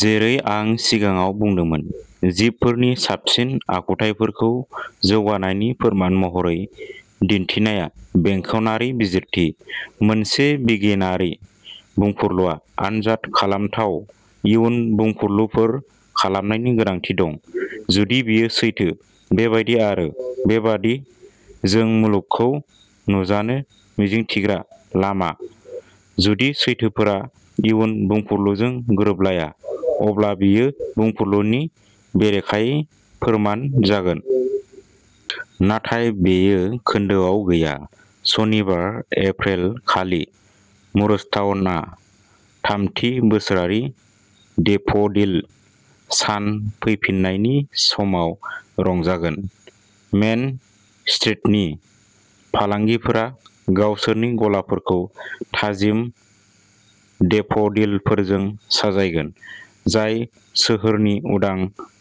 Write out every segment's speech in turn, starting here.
जेरै आं सिगाङाव बुंदोंमोन, जिबफोरनि साबसिन आखुथायफोरखौ जौगानायनि फोरमान महरै दिन्थिनाया बेंखनारि बिजिरथि। मोनसे बिगियानारि बुंफुरलुआ आनजाद खालामथाव इयुन बुंफुरलुफोर खालामनायनि गोनांथि दंः जुदि बेयो सैथो, बेबादि-आरो-बेबादि जों मुलुगखौ नुजानो मिजिंथिग्रा लामा। जुदि सैथोफोरा इयुन बुंफुरलुजों गोरोबलाया, अब्ला बेयो बुंफुरलुनि बेरेखायै फोरमान जागोन। नाथाय बेयो खोन्दोआव गैया। सनिबार, एप्रिल खालि, मुरस्टाउनआ थामथि बोसोरारि डेफ'डिल सान फैफिन्नायनि समाव रंजागोन। मेन स्ट्रीटनि फालांगिफोरा गावसोरनि गलाफोरखौ थाजिम डेफ'डिलफोरजों साजायगोन, जाय सोहोरनि उदां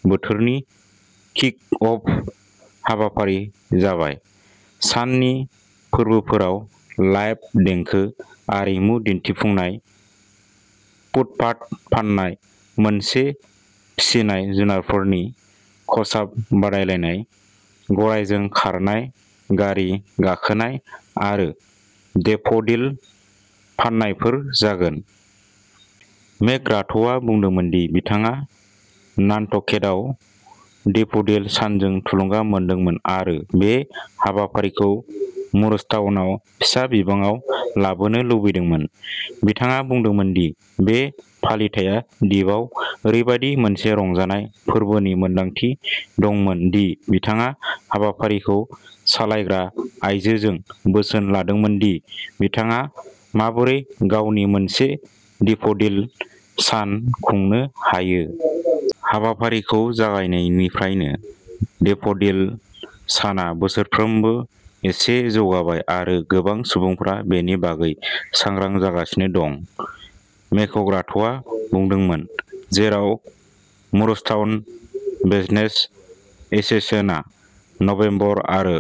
बोथोरनि किक-अफ हाबाफारि जाबाय। साननि फोरबोफोराव लाइभ देंखो, आरिमु दिन्थिफुंनाय, फुटपाथ फान्नाय, मोनसे फिसिनाय जुनारफोरनि खसाब बादायलायनाय, गरायजों खारनाय गारि गाखोनाय आरो डेफ'डिल फान्नायफोर जागोन। मेकग्राथआ बुंदोंमोन दि बिथाङा नान्टकेटआव डेफ'डिल सानजों थुलुंगा मोन्दोंमोन आरो बे हाबाफारिखौ मुरस्टाउनआव फिसा बिबाङाव लाबोनो लुबैदोंमोन। बिथाङा बुंदोंमोन दि बे फालिथाइया दिपआव ओरैबायदि मोनसे "रंजानाय, फोरबोनि मोनदांथि" दंमोन दि बिथाङा हाबाफारिखौ सालायग्रा आयजोजों बोसोन लादोंमोन दि बिथाङा माबोरै गावनि मोनसे डेफ'डिल सान खुंनो हायो। हाबाफारिखौ जागायनायनिफ्रायनो, डेफ'डिल साना बोसोरफ्रोमबो एसे जौगाबाय आरो गोबां सुबुंफोरा बेनि बागै सांग्रां जागासिनो दं, मेकग्राथआ बुंदोंमोन। जेराव मुरस्टाउन बिजनेस एस'सिएशनआ नबेम्बर आरो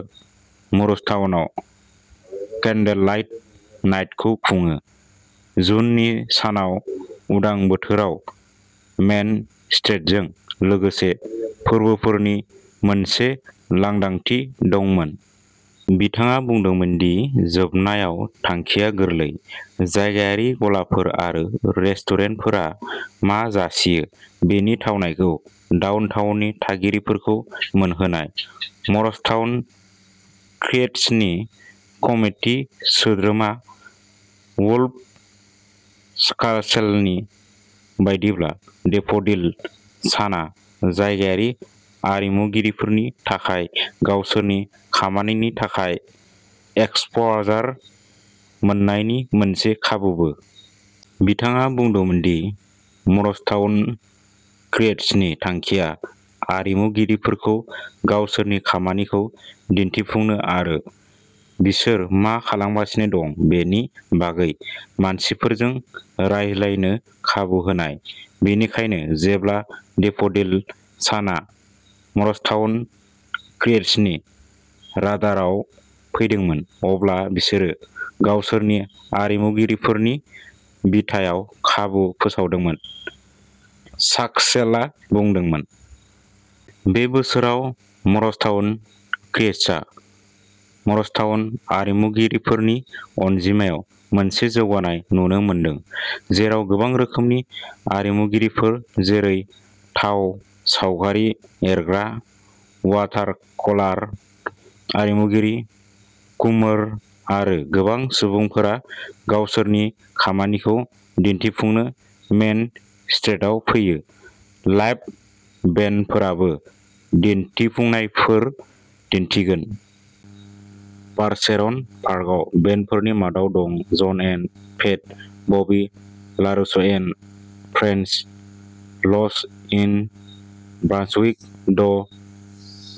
मुरस्टाउनआव कैन्डललाइट नाइटखौ खुङो। जुननि सानाव, उदां बोथोराव मेन स्ट्रिटजों लोगोसे फोरबोफोरनि मोनसे लांदांथि दंमोन। बिथाङा बुंदोंमोन दि जोबनायाव थांखिया गोरलैः जायगायारि गलाफोर आरो रेस्टुरेन्टफोरा मा जासियो बेनि थावनायखौ डाउनटाउननि थागिरिफोरखौ मोनहोनाय। मरस्टाउन क्रिएट्सनि कमिटि सोद्रोमा वुल्फ स्कासेलनि बायदिब्ला, डेफ'डिल सानआ जायगायारि आरिमुगिरिफोरनि थाखाय गावसोरनि खामानिनि थाखाय एक्सप'जार मोन्नायनि मोनसे खाबुबो। बिथाङा बुंदोंमोन दि मरस्टाउन क्रिएट्सनि थांखिया आरिमुगिरिफोरखौ गावसोरनि खामानिखौ दिन्थिफुंनो आरो बिसोर मा खालामगासिनो दं बेनि बागै मानसिफोरजों रायज्लायनो खाबु होनाय। बेनिखायनो, जेब्ला डेफ'डिल साना मरस्टाउन क्रिएट्सनि राडारआव फैदोंमोन, अब्ला बिसोरो गावसोरनि आरिमुगिरिफोरनि बिथायाव खाबु फोसावदोंमोन, स्कासेलआ बुंदोंमोन। बे बोसोराव, मरस्टाउन क्रिएट्सआ मरस्टाउन आरिमुगिरिफोरनि अनजिमायाव मोनसे जौगानाय नुनो मोनदों, जेराव गोबां रोखोमनि आरिमुगिरिफोर जेरै थाव सावगारि एरग्रा, वाटारकलार आरिमुगिरि, कुमोर आरो गोबां सुबुंफोरा गावसोरनि खामानिखौ दिन्थिफुंनो मेन स्ट्रिटआव फैयो। लाइभ बेन्डफोराबो दिन्थिफुंनायफोर दिन्थिगोन। पारचेरन पार्कआव बेन्डफोरनि मादाव दं जन and pet!, Bobby लारुस'एन्ड friends, lost in Brunswick, the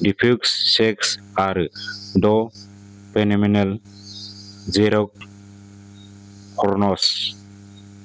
diffused, sax आरो द फेनोमेनल जेरिक'हर्नस।